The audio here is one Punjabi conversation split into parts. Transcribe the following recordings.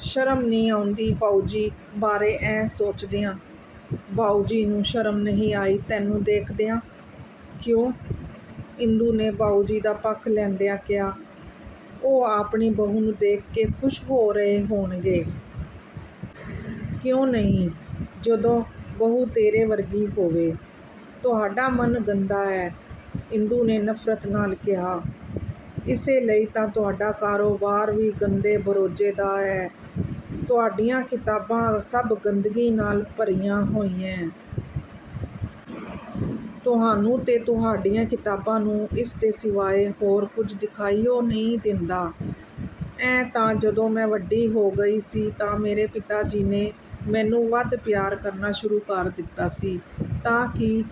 ਸ਼ਰਮ ਨੀਂ ਆਉਂਦੀ ਬਾਊਜੀ ਬਾਰੇ ਐਂ ਸੋਚਦਿਆਂ…? " "ਬਾਊਜੀ ਨੂੰ ਸ਼ਰਮ ਨਹੀਂ ਆਈ ਤੈਨੂੰ ਦੇਖਦਿਆਂ….? " "ਕਿਉਂ? " ਇੰਦੂ ਨੇ ਬਾਊਜੀ ਦਾ ਪੱਖ ਲੈਂਦਿਆਂ ਕਿਹਾ, "ਉਹ ਆਪਣੀ ਬਹੂ ਨੂੰ ਦੇਖ ਕੇ ਖੁਸ਼ ਹੋ ਰਹੇ ਹੋਣਗੇ। " "ਕਿਉਂ ਨਹੀਂ! ਜਦੋਂ ਬਹੂ ਤੇਰੇ ਵਰਗੀ ਹੋਵੇ। " "ਤੁਹਾਡਾ ਮਨ ਗੰਦਾ ਐ," ਇੰਦੂ ਨੇ ਨਫ਼ਰਤ ਨਾਲ ਕਿਹਾ, "ਇਸੇ ਲਈ ਤਾਂ ਤੁਹਾਡਾ ਕਾਰੋਬਾਰ ਵੀ ਗੰਦੇ ਬਰੋਜੇ ਦਾ ਐ। ਤੁਹਾਡੀਆਂ ਕਿਤਾਬਾਂ ਸਭ ਗੰਦਗੀ ਨਾਲ ਭਰੀਆਂ ਹੋਈਐਂ। ਤੁਹਾਨੂੰ ਤੇ ਤੁਹਾਡੀਆਂ ਕਿਤਾਬਾਂ ਨੂੰ ਇਸ ਦੇ ਸਿਵਾਏ ਹੋਰ ਕੁਝ ਦਿਖਾਈ ਓ ਨੀਂ ਦਿੰਦਾ। ਐਂ ਤਾਂ ਜਦੋਂ ਮੈਂ ਵੱਡੀ ਹੋ ਗਈ ਸੀ ਤਾਂ ਮੇਰੇ ਪਿਤਾ ਜੀ ਨੇ ਮੈਨੂੰ ਵਧ ਪਿਆਰ ਕਰਨਾ ਸ਼ੁਰੂ ਕਰ ਦਿਤਾ ਸੀ ਤਾਂ ਕੀ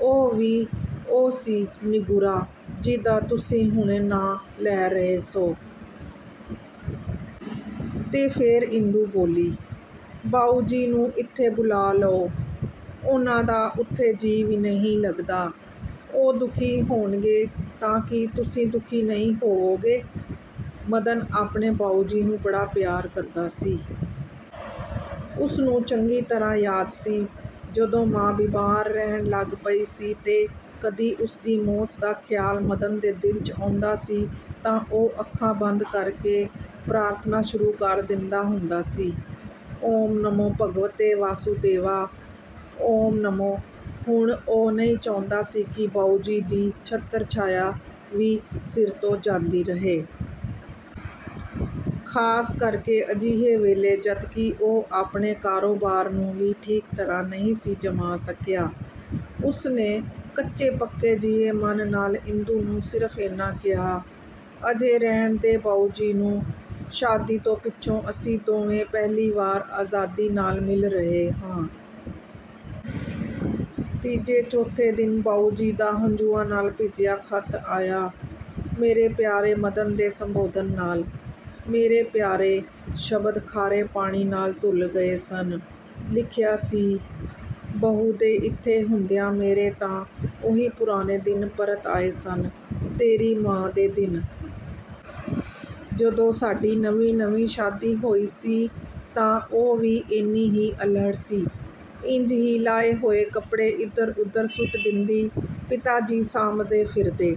ਉਹ ਵੀ-ਉਹ ਸੀ ਨਿਗੁਰਾ-ਜੀਹਦਾ ਤੁਸੀਂ ਹੁਣੇ ਨਾਂਅ ਲੈ ਰਹੇ ਸੌ? " ਤੇ ਫੇਰ ਇੰਦੂ ਬੋਲੀ, "ਬਾਊਜੀ ਨੂੰ ਇੱਥੇ ਬੁਲਾਅ ਲਓ। ਉਹਨਾਂ ਦਾ ਉੱਥੇ ਜੀਅ ਵੀ ਨਹੀਂ ਲੱਗਦਾ। ਉਹ ਦੁਖੀ ਹੋਣਗੇ ਤਾਂ ਕੀ ਤੁਸੀਂ ਦੁਖੀ ਨਹੀਂ ਹੋਵੋਗੇ? " ਮਦਨ ਆਪਣੇ ਬਾਊਜੀ ਨੂੰ ਬੜਾ ਪਿਆਰ ਕਰਦਾ ਸੀ। ਉਸਨੂੰ ਚੰਗੀ ਤਰ੍ਹਾਂ ਯਾਦ ਸੀ-ਜਦੋਂ ਮਾਂ ਬਿਮਾਰ ਰਹਿਣ ਲੱਗ ਪਈ ਸੀ ਤੇ ਕਦੀ ਉਸਦੀ ਮੌਤ ਦਾ ਖ਼ਿਆਲ ਮਦਨ ਦੇ ਦਿਲ 'ਚ ਆਉਂਦਾ ਸੀ ਤਾਂ ਉਹ ਅੱਖਾਂ ਬੰਦ ਕਰਦੇ ਪ੍ਰਾਰਥਨਾਂ ਸ਼ੁਰੂ ਕਰ ਦਿੰਦਾ ਹੁੰਦਾ ਸੀ-'ਓਮ ਨਮੋ ਭਗਵਤੇ ਵਾਸੁਦੇਵਾ… ਓਮ ਨਮੋ… ' ਹੁਣ ਉਹ ਨਹੀਂ ਚਾਹੁੰਦਾ ਸੀ ਕਿ ਬਾਊਜੀ ਦੀ ਛਤਰਛਾਇਆ ਵੀ ਸਿਰ ਤੋਂ ਜਾਂਦੀ ਰਹੇ। ਖਾਸ ਕਰਕੇ ਅਜਿਹੇ ਵੇਲੇ ਜਦਕਿ ਉਹ ਆਪਣੇ ਕਾਰੋਬਾਰ ਨੂੰ ਵੀ ਠੀਕ ਤਰ੍ਹਾਂ ਨਹੀਂ ਸੀ ਜਮਾਅ ਸਕਿਆ। ਉਸਨੇ ਕੱਚੇ–ਪੱਕੇ ਜਿਹੇ ਮਨ ਨਾਲ ਇੰਦੂ ਨੂੰ ਸਿਰਫ ਏਨਾ ਕਿਹਾ-"ਅਜੇ ਰਹਿਣ ਦੇ ਬਾਊਜੀ ਨੂੰ। ਸ਼ਾਦੀ ਤੋਂ ਪਿੱਛੋਂ ਅਸੀਂ ਦੋਵੇਂ ਪਹਿਲੀ ਵਾਰ ਆਜ਼ਾਦੀ ਨਾਲ ਮਿਲ ਰਹੇ ਹਾਂ। " ਤੀਜੇ ਚੌਥੇ ਦਿਨ ਬਾਊਜੀ ਦਾ ਹੰਝੂਆਂ ਨਾਲ ਭਿੱਜਿਆ ਖ਼ਤ ਆਇਆ-ਮੇਰੇ ਪਿਆਰੇ ਮਦਨ ਦੇ ਸੰਬੋਧਨ ਨਾਲ। 'ਮੇਰੇ ਪਿਆਰੇ' ਸ਼ਬਦ ਖਾਰੇ ਪਾਣੀ ਨਾਲ ਧੁਲ ਗਏ ਸਨ। ਲਿਖਿਆ ਸੀ- 'ਬਹੂ ਦੇ ਇੱਥੇ ਹੁੰਦਿਆਂ ਮੇਰੇ ਤਾਂ ਉਹੀ ਪੁਰਾਣੇ ਦਿਨ ਪਰਤ ਆਏ ਸਨ-ਤੇਰੀ ਮਾਂ ਦੇ ਦਿਨ। ਜਦੋਂ ਸਾਡੀ ਨਵੀਂ ਨਵੀਂ ਸ਼ਾਦੀ ਹੋਈ ਸੀ, ਤਾਂ ਉਹ ਵੀ ਏਨੀ ਹੀ ਅੱਲ੍ਹੜ ਸੀ। ਇੰਜ ਹੀ ਲਾਹੇ ਹੋਏ ਕਪੜੇ ਇਧਰ ਉਧਰ ਸੁੱਟ ਦਿੰਦੀ-ਪਿਤਾਜੀ ਸਾਂਭਦੇ ਫਿਰਦੇ।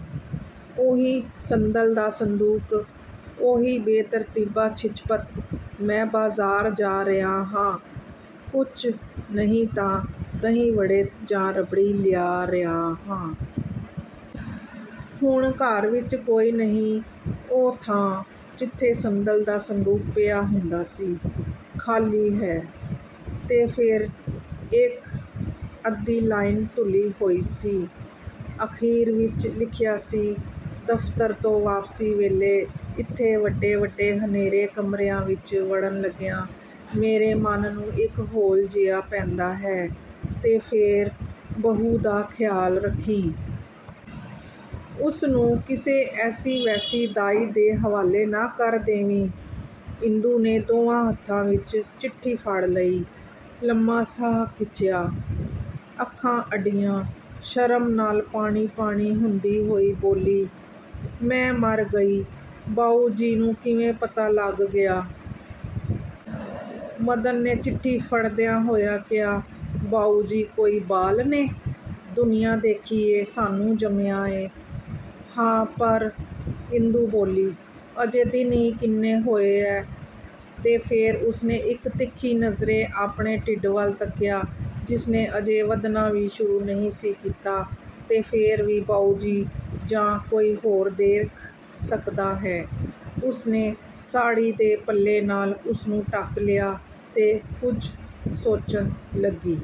ਉਹੀ ਸੰਦਲ ਦਾ ਸੰਦੂਕ, ਉਹੀ ਬੇਤਰਤੀਬਾ ਛਿਛਪੱਤ। ਮੈਂ ਬਾਜ਼ਾਰ ਜਾ ਰਿਹਾ ਹਾਂ, ਕੁਛ ਨਹੀਂ ਤਾਂ ਦਹੀਂ ਵੜੇ ਜਾਂ ਰਬੜੀ ਲਿਆ ਰਿਹਾ ਹਾਂ। ਹੁਣ ਘਰ ਵਿਚ ਕੋਈ ਨਹੀਂ। ਉਹ ਥਾਂ, ਜਿੱਥੇ ਸੰਦਲ ਦਾ ਸੰਦੂਕ ਪਿਆ ਹੁੰਦਾ ਸੀ, ਖ਼ਾਲੀ ਹੈ… ' ਤੇ ਫੇਰ ਇਕ ਅੱਧੀ ਲਾਈਨ ਧੁਲੀ ਹੋਈ ਸੀ। ਅਖ਼ੀਰ ਵਿਚ ਲਿਖਿਆ ਸੀ- 'ਦਫ਼ਤਰ ਤੋਂ ਵਾਪਸੀ ਵੇਲੇ ਇੱਥੇ ਵੱਡੇ ਵੱਡੇ ਹਨੇਰੇ ਕਮਰਿਆਂ ਵਿਚ ਵੜਨ ਲੱਗਿਆਂ ਮੇਰੇ ਮਨ ਨੂੰ ਇਕ ਹੌਲ ਜਿਹਾ ਪੈਂਦਾ ਹੈ'- ਤੇ ਫੇਰ- 'ਬਹੂ ਦਾ ਖ਼ਿਆਲ ਰੱਖੀਂ। ਉਸਨੂੰ ਕਿਸੇ ਐਸੀ ਵੈਸੀ ਦਾਈ ਦੇ ਹਵਾਲੇ ਨਾ ਕਰ ਦੇਵੀਂ। ' ਇੰਦੂ ਨੇ ਦੋਵਾਂ ਹੱਥਾਂ ਵਿਚ ਚਿੱਠੀ ਫੜ੍ਹ ਲਈ, ਲੰਮਾਂ ਸਾਹ ਖਿੱਚਿਆ, ਅੱਖਾਂ ਅੱਡੀਆਂ, ਸ਼ਰਮ ਨਾਲ ਪਾਣੀ ਪਾਣੀ ਹੁੰਦੀ ਹੋਈ ਬੋਲੀ-"ਮੈਂ ਮਰ ਗਈ, ਬਾਊਜੀ ਨੂੰ ਕਿਵੇਂ ਪਤਾ ਲੱਗ ਗਿਆ? " ਮਦਨ ਨੇ ਚਿੱਠੀ ਫੜ੍ਹਦਿਆਂ ਹੋਇਆਂ ਕਿਹਾ-"ਬਾਊਜੀ ਕੋਈ ਬਾਲ ਨੇ? ਦੁਨੀਆਂ ਦੇਖੀ ਏ, ਸਾਨੂੰ ਜੰਮਿਆਂ ਏਂ। " "ਹਾਂ, ਪਰ? " ਇੰਦੂ ਬੋਲੀ, "ਅਜੇ ਦਿਨ ਈ ਕਿੰਨੇ ਹੋਏ ਐ? " ਤੇ ਫੇਰ ਉਸਨੇ ਇਕ ਤਿੱਖੀ ਨਜ਼ਰੇ ਆਪਣੇ ਢਿੱਡ ਵੱਲ ਤੱਕਿਆ ਜਿਸਨੇ ਅਜੇ ਵਧਣਾ ਵੀ ਸ਼ੁਰੂ ਨਹੀਂ ਸੀ ਕੀਤਾ ਤੇ ਫੇਰ ਵੀ ਬਾਊਜੀ ਜਾਂ ਕੋਈ ਹੋਰ ਦੇਖ ਸਕਦਾ ਹੈ; ਉਸਨੇ ਸਾੜ੍ਹੀ ਦੇ ਪੱਲੇ ਨਾਲ ਉਸਨੂੰ ਢਕ ਲਿਆ ਤੇ ਕੁਝ ਸੋਚਣ ਲੱਗੀ।